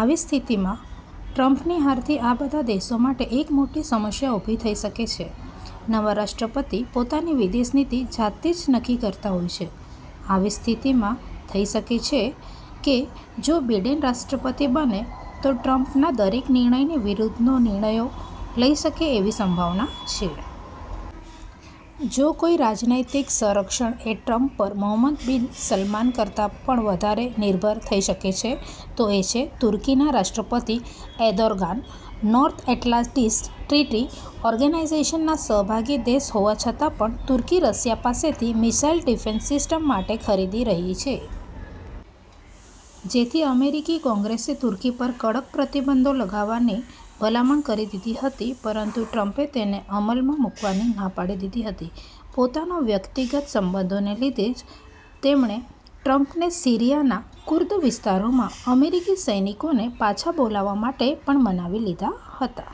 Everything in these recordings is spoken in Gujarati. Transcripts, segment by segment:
આવી સ્થિતિમાં ટ્રમ્પની હારથી આ બધા દેશો માટે એક મોટી સમસ્યા ઉભી થઈ શકે છે. નવા રાષ્ટ્રપતિ પોતાની વિદેશ નીતિ જાતે જ નક્કી કરતા હોય છે. આવી સ્થિતિમાં થઇ શકે છે કે, જો બીડેન રાષ્ટ્રપતિ બને તો ટ્રમ્પના દરેક નિર્ણયની વિરૂદ્ધ નિર્ણયો લઈ શકે એવી સંભાવના છે. જો કોઈ રાજનૈતિક સંરક્ષણ એ ટ્રમ્પ પર મોહમ્મદ બિન સલમાન કરતા પણ વધારે નિર્ભર થઇ શકે છે, તો એ છે તુર્કીના રાષ્ટ્રપતિ Erdogan. North Atlantic Treaty Organization ના સહભાગી દેશ હોવા છતાં પણ તુર્કી રશિયા પાસેથી મિસાઈલ ડિફેંસ સિસ્ટમ માટે ખરીદી રહી છે. જેથી અમેરિકી કોંગ્રેસે તુર્કી પર કડક પ્રતિબંધો લગાવવાની ભલામણ કરી દીધી હતી પરંતુ ટ્રમ્પે તેને અમલ માં મુકવાની ના પડી દીધી હતી. પોતાના વ્યક્તિગત સંબંધોને લીધે જ તેમણે ટ્રમ્પને સીરિયાના કુર્દ વિસ્તારોમાં અમેરિકી સૈનિકોને પાછા બોલાવવા માટે મનાવી પણ લીધા હતા.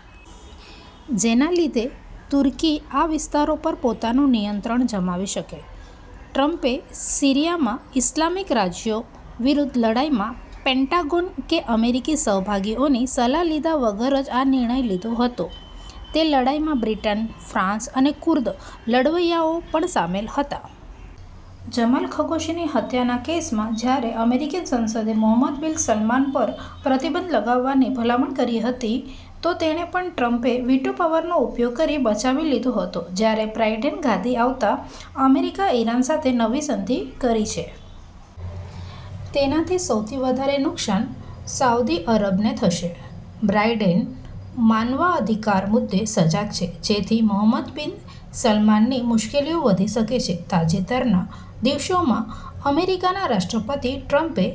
જેના લીધે તુર્કી આ વિસ્તારો પર પોતાનું નિયંત્રણ જમાવી શકે. ટ્રમ્પે સીરિયામાં ઈસ્લામિક રાજ્યો વિરૂદ્ધ લડાઈમાં પેંટાગોન કે અમેરિકી સહભાગીઓની સલાહ લીધા વગર જ આ નિર્ણય લીધો હતો. તે લડાઈમાં બ્રિટન, ફ્રાંસ અને કુર્દ લડવૈયાઓ પણ શામેલ હતાં. જમાલ ખશોગીની હત્યાના કેસમાં જ્યારે અમેરિકી સંસદે મોહમ્મદ બિન સલમાન પર પ્રતિબંધ લગાવવાની ભલામણ કરી હતી, તો તેને પણ ટ્રમ્પે વીટો પાવરનો ઉપયોગ કરી બચાવી લીધો હતો. જ્યારે બાઈડેન ગાદી આવતા અમેરિકા ઈરાન સાથે નવી સંધી કરી શકે છે. તેનાથી સૌથી વધારે નુકસાન સાઉદ્દી અરબને થશે. બાઈડેન માનવાધિકાર મુદ્દે સજાગ છે. જેથી મોહમ્મદ બિન સલમાનની મુશ્કેલીઓ વધી શકે છે. તાજેતરના દિવસોમાં અમેરિકાના રાષ્ટ્રપતિ ટ્રમ્પ એ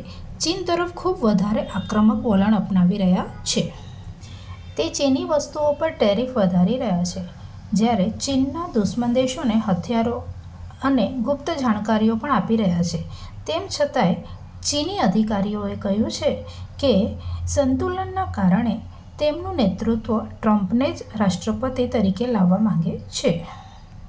ચીન તરફ ખુબ વધારે આક્રમક વલણ અપનાવી રહ્યા છે. તે ચીની વસ્તુઓ પર ટ્રેરિફ વધારી રહ્યાં છે. જ્યારે ચીનના દુશ્મન દેશોને હથિયારો અને ગુપ્ત જાણકારીઓ પણ આપી રહ્યાં છે. તેમ છતાંયે ચીની અધિકારીઓએ કહ્યું છે કે, સંતુલનના કારણે તેમનું નેતૃત્વ ટ્રમ્પને જ રાષ્ટ્રપતિ તરીકે લાવવા માંગે છે.